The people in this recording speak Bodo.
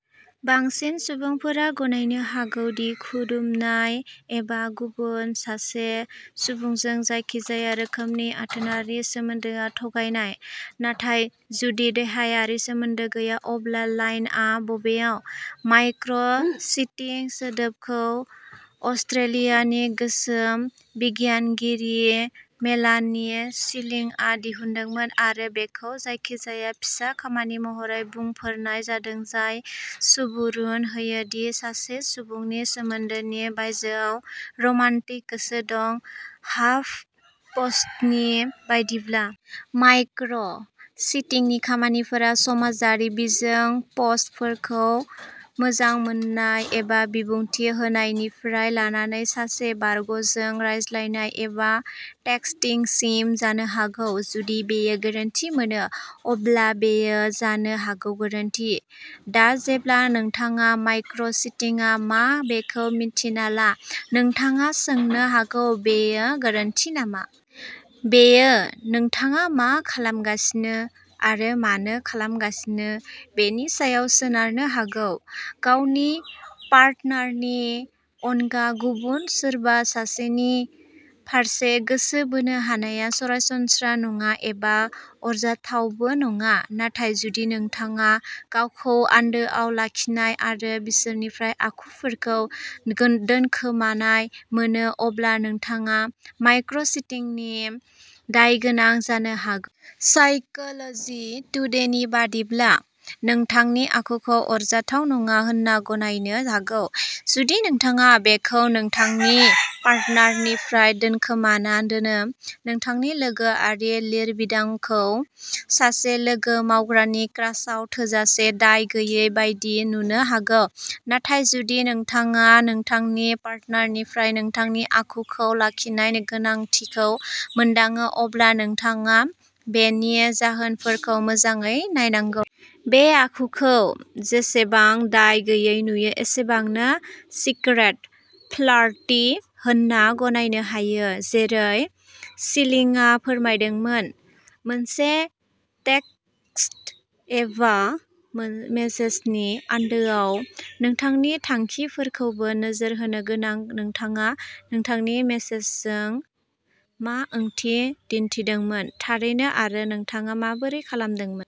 बांसिन सुबुंफोरा गनायनो हागौ दि खुदुमनाय एबा गुबुन सासे सुबुंजों जायखिजाया रोखोमनि आथोनारि सोमोन्दोआ थगायनाय। नाथाय जुदि देहायारि सोमोन्दो गैया, अब्ला लाइनआ बबेयाव? "माइक्र'- चिटिं" सोदोबखौ अस्ट्रेलियानि गोसो बिगियानगिरि मेलानी शिलिंआ दिहुनदोंमोन आरो बेखौ जायखिजाया फिसा खामानि महरै बुंफोरनाय जादों जाय सुबुरुन होयो दि सासे सुबुंनि सोमोन्दोनि बायजोआव रमान्टिक गोसो दं, हाफपस्टनि बायदिब्ला। माइक्र'- चिटिंनि खामानिफोरा समाजारि बिजों पस्टफोरखौ मोजां मोन्नाय एबा बिबुंथि होनायनिफ्राय लानानै सासे बारग'जों रायज्लायनाय एबा टेक्सटिंसिम जानो हागौ। जुदि बेयो गोरोन्थि मोनो, अब्ला बेयो जानो हागौ गोरोन्थि। दा जेब्ला नोंथाङा माइक्र'- चिटिंआ मा बेखौ मिन्थिना ला, नोंथाङा सोंनो हागौ, "बेयो गोरोन्थि नामा? " बेयो नोंथाङा मा खालामगासिनो आरो मानो खालामगासिनो बेनि सायाव सोनारनो हागौ। गावनि पार्टनारनि अनगा गुबुन सोरबा सासेनि फारसे गोसो बोनो हानाया सरासनस्रा नङा एबा आरजाथावबो नङा, नाथाय जुदि नोंथाङा गावखौ आन्दोआव लाखिनाय आरो बिसोरनिफ्राय आखुफोरखौ दोनखोमानाय मोनो, अब्ला नोंथाङा माइक्र'- चिटिंनि दायगोनां जानो हागौ। साइकोल'जि टुडेनि बायदिब्ला, नोंथांनि आखुखौ आरजाथाव नङा होनना गनायनो हागौ, जुदि नोंथाङा बेखौ नोंथांनि पार्टनारनिफ्राय दोनखोमाना दोनो। नोंथांनि लोगोआरि लिरबिदांखौ सासे लोगो-मावग्रानि क्रासआव थोजासे दाय गैयै बायदि नुनो हागौ, नाथाय जुदि नोंथाङा नोंथांनि पार्टनारनिफ्राय नोंथांनि आखुखौ लाखिनायनि गोनांथिखौ मोनदाङो, अब्ला नोंथाङा बेनि जाहोनफोरखौ मोजाङै नायनांगौ। बे आखुखौ, जेसेबां दाय गैयै नुयो एसेबांनो, सिक्रेट फ्लार्टिं होनना गनायनो हायो, जेरै शिलिंआ फोरमायदोंमोन। मोनसे टेक्सट एबा मेसेजनि आन्दोआव नोंथांनि थांखिफोरखौबो नोजोर होनो गोनां-नोंथाङा नोंथांनि मेसेजजों मा ओंथि दिन्थिदोंमोन, थारैनो, आरो नोंथाङा माबोरै खालामदोंमोन।